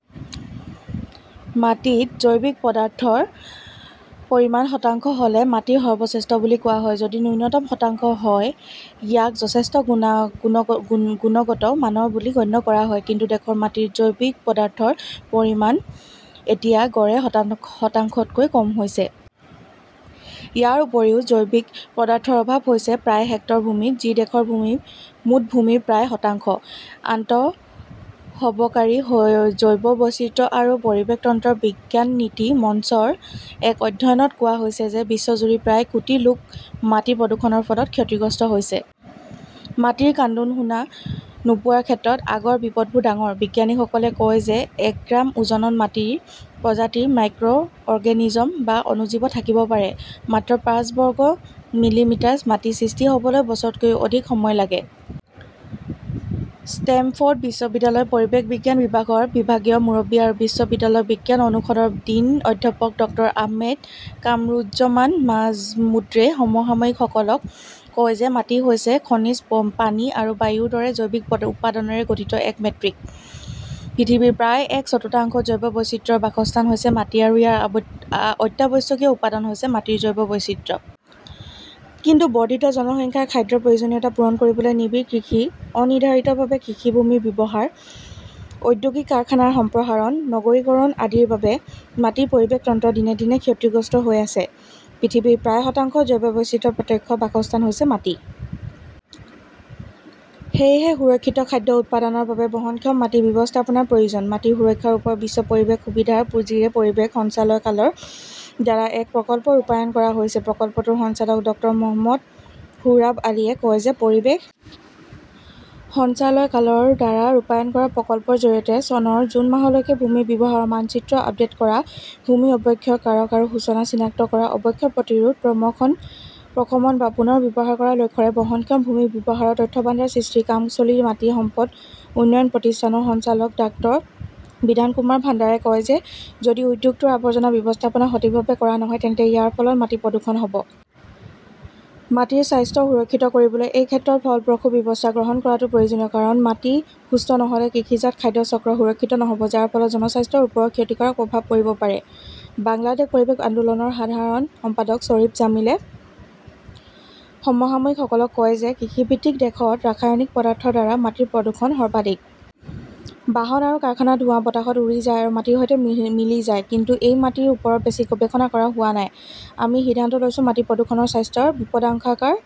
মাটিত জৈৱিক পদাৰ্থৰ পৰিমাণ শতাংশ হ’লে মাটি সৰ্বশ্ৰেষ্ঠ বুলি কোৱা হয়। যদি ন্যূনতম শতাংশ হয়, ইয়াক যথেষ্ট গুণগত মানৰ বুলি গণ্য কৰা হয়। কিন্তু দেশৰ মাটিত জৈৱিক পদাৰ্থৰ পৰিমাণ এতিয়া গড়ে শতাংশতকৈ কম হৈছে। ইয়াৰ উপৰিও, জৈৱিক পদাৰ্থৰ অভাৱ হৈছে প্ৰায় হেক্টৰ ভূমিত, যি দেশৰ মুঠ ভূমিৰ প্ৰায় শতাংশ। আন্তঃসৰকাৰী জৈৱ বৈচিত্ৰ্য আৰু পৰিৱেশ তন্ত্ৰৰ বিজ্ঞান-নীতি মঞ্চৰ এক অধ্যয়নত কোৱা হৈছে যে বিশ্বজুৰি প্ৰায় কোটি লোক মাটি প্ৰদূষণৰ ফলত ক্ষতিগ্ৰস্ত হৈছে। মাটিৰ কান্দোন শুনা নোপোৱাৰ ক্ষেত্ৰত আগৰ বিপদবোৰ ডাঙৰঃ বিজ্ঞানীসকলে কয় যে এক গ্ৰাম ওজনৰ মাটিত প্ৰজাতিৰ মাইক্ৰ অৰ্গেনিজম বা অণুজীৱ থাকিব পাৰে। মাত্ৰ পাঁচ বৰ্গ মিলিমিটাৰ মাটি সৃষ্টি হ’বলৈ বছৰতকৈও অধিক সময় লাগে। ষ্টেমফৰ্ড বিশ্ববিদ্যালয়ৰ পৰিৱেশ বিজ্ঞান বিভাগৰ বিভাগীয় মুৰব্বী আৰু বিশ্ববিদ্যালয়ৰ বিজ্ঞান অনুষদৰ ডিন অধ্যাপক ডক্টৰ আহমেদ কামৰুজ্জমান মাজমুদ্ৰে সমসাময়িকসকলক কয় যে মাটি হৈছে খনিজ, পানী আৰু বায়ুৰ দৰে জৈৱিক উপাদানৰে গঠিত এক মেট্ৰিক। পৃথিৱীৰ প্ৰায় এক চতুৰ্থাংশ জৈৱ বৈচিত্ৰ্যৰ বাসস্থান হৈছে মাটি আৰু ইয়াৰ অত্যাৱশ্যকীয় উপাদান হৈছে মাটিৰ জৈৱ বৈচিত্ৰ্য। কিন্তু বৰ্ধিত জনসংখ্যাৰ খাদ্যৰ প্ৰয়োজনীয়তা পূৰণ কৰিবলৈ নিবিড় কৃষি, অনিৰ্ধাৰিতভাৱে কৃষিভূমিৰ ব্যৱহাৰ, ঔদ্যোগিক-কাৰখানাৰ সম্প্ৰসাৰণ, নগৰীকৰণ আদিৰ বাবে মাটিৰ পৰিৱেশ তন্ত্ৰ দিনে দিনে ক্ষতিগ্ৰস্ত হৈ আছে। পৃথিৱীৰ প্ৰায় শতাংশ জৈৱ বৈচিত্ৰ্যৰ প্ৰত্যক্ষ বাসস্থান হৈছে মাটি। সেয়েহে সুৰক্ষিত খাদ্য উৎপাদনৰ বাবে বহনক্ষম মাটি ব্যৱস্থাপনাৰ প্ৰয়োজন। মাটি সুৰক্ষাৰ ওপৰত বিশ্ব পৰিৱেশ সুবিধাৰ পুঁজিৰে পৰিৱেশ সঞ্চালকালয়ৰ দ্বাৰা এক প্ৰকল্প ৰূপায়ণ কৰা হৈছে। প্ৰকল্পটোৰ সঞ্চালক ডক্টৰ মহম্মদ সোহৰাব আলীয়ে কয় যে পৰিৱেশ সঞ্চালকালয়ৰ দ্বাৰা ৰূপায়ণ কৰা প্ৰকল্পৰ জৰিয়তে চনৰ জুন মাহলৈকে ভূমি ব্যৱহাৰৰ মানচিত্ৰ আপডেট কৰা, ভূমি অৱক্ষয়ৰ কাৰক আৰু সূচক চিনাক্ত কৰা, অৱক্ষয় প্ৰতিৰোধ, প্ৰশমন বা পুনৰ ব্যৱহাৰ কৰাৰ লক্ষ্যৰে বহনক্ষম ভূমি ব্যৱহাৰৰ তথ্যভাণ্ডাৰ সৃষ্টিৰ কাম চলি মাটি সম্পদ উন্নয়ন প্ৰতিষ্ঠানৰ সঞ্চালক ডাঃ বিধান কুমাৰ ভাণ্ডাৰে কয় যে যদি উদ্যোগটোৰ আৱৰ্জনা ব্যৱস্থাপনা সঠিকভাৱে কৰা নহয় তেন্তে ইয়াৰ ফলত মাটি প্ৰদূষণ হ’ব। মাটিৰ স্বাস্থ্য সুৰক্ষিত কৰিবলৈ এই ক্ষেত্ৰত ফলপ্ৰসূ ব্যৱস্থা গ্ৰহণ কৰাটো প্ৰয়োজনীয়। কাৰণ মাটি সুস্থ নহ’লে কৃষিজাত খাদ্য চক্ৰ সুৰক্ষিত নহ’ব, যাৰ ফলত জনস্বাস্থ্যৰ ওপৰত ক্ষতিকাৰক প্ৰভাৱ পৰিব পাৰে। বাংলাদেশ পৰিৱেশ আন্দোলনৰ সাধাৰণ সম্পাদক শ্বৰীফ জামিলে সমসাময়িকসকলক কয় যে কৃষিভিত্তিক দেশত ৰাসায়নিক পদাৰ্থৰ দ্বাৰা মাটিৰ প্ৰদূষণ সৰ্বাধিক। বাহন আৰু কাৰখানাৰ ধোঁৱা বতাহত উৰি যায় আৰু মাটিৰ সৈতে মিলি যায়। কিন্তু এই মাটিৰ ওপৰত বেছি গৱেষণা কৰা হোৱা নাই। আমি সিদ্ধান্ত লৈছো, মাটি প্ৰদূষণৰ স্বাস্থ্যৰ বিপদাশংকাৰ